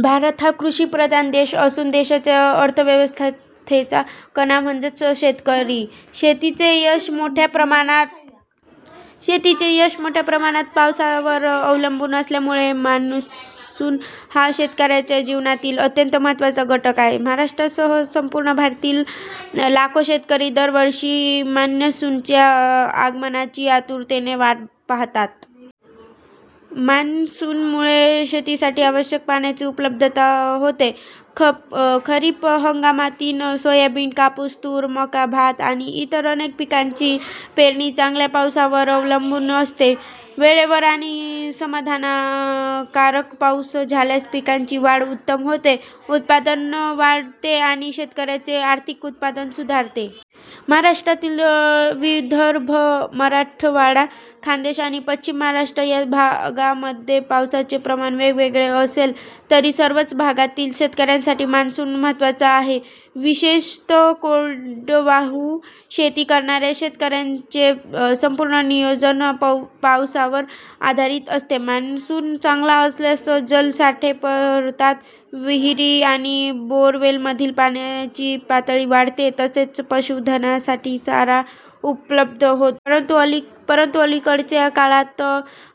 भारत हा कृषिप्रधान देश असून देशाच्या अर्थव्यवस्थेचा कणा म्हणजे शेतकरी. शेतीचे यश मोठ्या प्रमाणात पावसावर अवलंबून असल्यामुळे मान्सून हा शेतकऱ्यांच्या जीवनातील अत्यंत महत्त्वाचा घटक आहे. महाराष्ट्रासह संपूर्ण भारतातील लाखो शेतकरी दरवर्षी मान्सूनच्या आगमनाची आतुरतेने वाट पाहतात. मान्सूनमुळे शेतीसाठी आवश्यक पाण्याची उपलब्धता होते. खरीप हंगामातील सोयाबीन, कापूस, तूर, मका, भात आणि इतर अनेक पिकांची पेरणी चांगल्या पावसावर अवलंबून असते. वेळेवर आणि समाधानकारक पाऊस झाल्यास पिकांची वाढ उत्तम होते, उत्पादन वाढते आणि शेतकऱ्यांचे आर्थिक उत्पन्न सुधारते. महाराष्ट्रातील विदर्भ, मराठवाडा, खानदेश आणि पश्चिम महाराष्ट्र या भागांमध्ये पावसाचे प्रमाण वेगवेगळे असले तरी सर्वच भागांतील शेतकऱ्यांसाठी मान्सून महत्त्वाचा आहे. विशेषतः कोरडवाहू शेती करणाऱ्या शेतकऱ्यांचे संपूर्ण नियोजन पावसावर आधारित असते. मान्सून चांगला असल्यास जलसाठे भरतात, विहिरी आणि बोअरवेलमधील पाण्याची पातळी वाढते, तसेच पशुधनासाठी चारा उपलब्ध होतो. परंतु अलिकडच्या काळात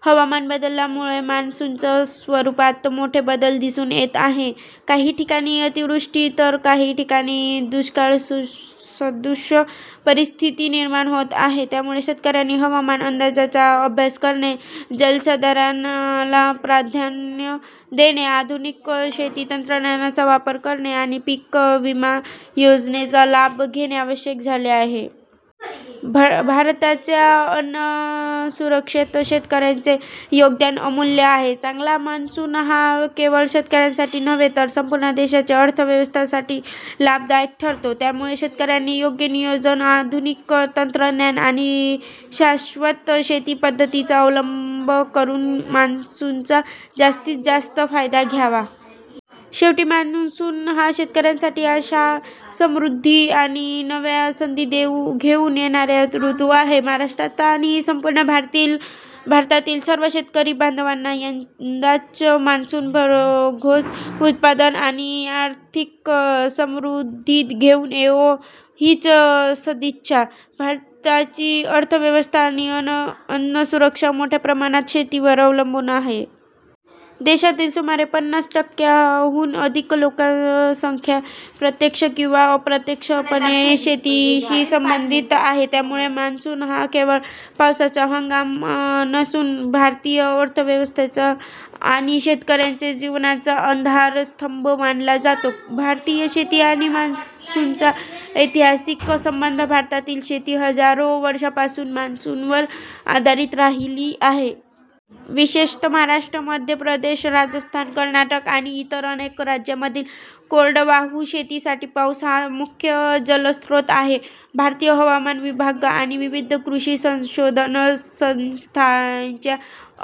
हवामान बदलामुळे मान्सूनच्या स्वरूपात मोठे बदल दिसून येत आहेत. काही ठिकाणी अतिवृष्टी तर काही ठिकाणी दुष्काळसदृश परिस्थिती निर्माण होत आहे. त्यामुळे शेतकऱ्यांनी हवामान अंदाजाचा अभ्यास करणे, जलसंधारणाला प्राधान्य देणे, आधुनिक शेती तंत्रज्ञानाचा वापर करणे आणि पीक विमा योजनेचा लाभ घेणे आवश्यक झाले आहे. भारताच्या अन्नसुरक्षेत शेतकऱ्यांचे योगदान अमूल्य आहे. चांगला मान्सून हा केवळ शेतकऱ्यांसाठीच नव्हे तर संपूर्ण देशाच्या अर्थव्यवस्थेसाठी लाभदायक ठरतो. त्यामुळे शेतकऱ्यांनी योग्य नियोजन, आधुनिक तंत्रज्ञान आणि शाश्वत शेती पद्धतींचा अवलंब करून मान्सूनचा जास्तीत जास्त फायदा घ्यावा. शेवटी, मान्सून हा शेतकऱ्यांसाठी आशा, समृद्धी आणि नव्या संधी घेऊन येणारा ऋतू आहे. महाराष्ट्र आणि संपूर्ण भारतातील सर्व शेतकरी बांधवांना यंदाचा मान्सून भरघोस उत्पादन आणि आर्थिक समृद्धी घेऊन येवो, हीच सदिच्छा. भारताची अर्थव्यवस्था आणि अन्नसुरक्षा मोठ्या प्रमाणात शेतीवर अवलंबून आहे. देशातील सुमारे पनास टक्क्यांहून अधिक लोकसंख्या प्रत्यक्ष किंवा अप्रत्यक्षपणे शेतीशी संबंधित आहे. त्यामुळे मान्सून हा केवळ पावसाचा हंगाम नसून भारतीय अर्थव्यवस्थेचा आणि शेतकऱ्यांच्या जीवनाचा आधारस्तंभ मानला जातो. भारतीय शेती आणि मान्सूनचा ऐतिहासिक संबंध भारतातील शेती हजारो वर्षांपासून मान्सूनवर आधारित राहिली आहे. विशेषतः महाराष्ट्र, मध्य प्रदेश, राजस्थान, कर्नाटक आणि इतर अनेक राज्यांमधील कोरडवाहू शेतीसाठी पाऊस हा मुख्य जलस्रोत आहे. भारतीय हवामान विभाग आणि विविध कृषी संशोधन संस्थांच्या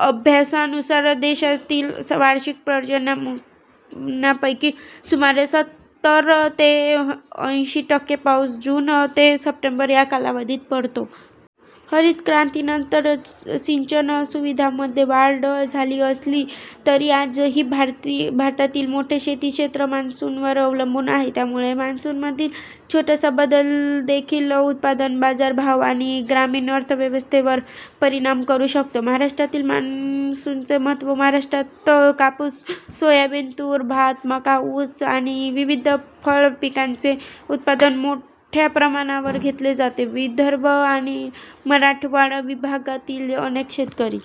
अभ्यासानुसार, देशातील वार्षिक पर्जन्यमानापैकी सुमारे सत्तर ते अंशी टक्के पाऊस जून ते सप्टेंबर या कालावधीत पडतो. हरित क्रांतीनंतर सिंचन सुविधांमध्ये वाढ झाली असली तरी आजही भारतातील मोठे शेती क्षेत्र मान्सूनवर अवलंबून आहे. त्यामुळे मान्सूनमधील छोटासा बदलदेखील उत्पादन, बाजारभाव आणि ग्रामीण अर्थव्यवस्थेवर परिणाम करू शकतो. महाराष्ट्रातील मान्सूनचे महत्त्व महाराष्ट्रात कापूस, सोयाबीन, तूर, भात, मका, ऊस आणि विविध फळपिकांचे उत्पादन मोठ्या प्रमाणावर घेतले जाते. विदर्भ आणि मराठवाडा विभागातील अनेक शेतकरी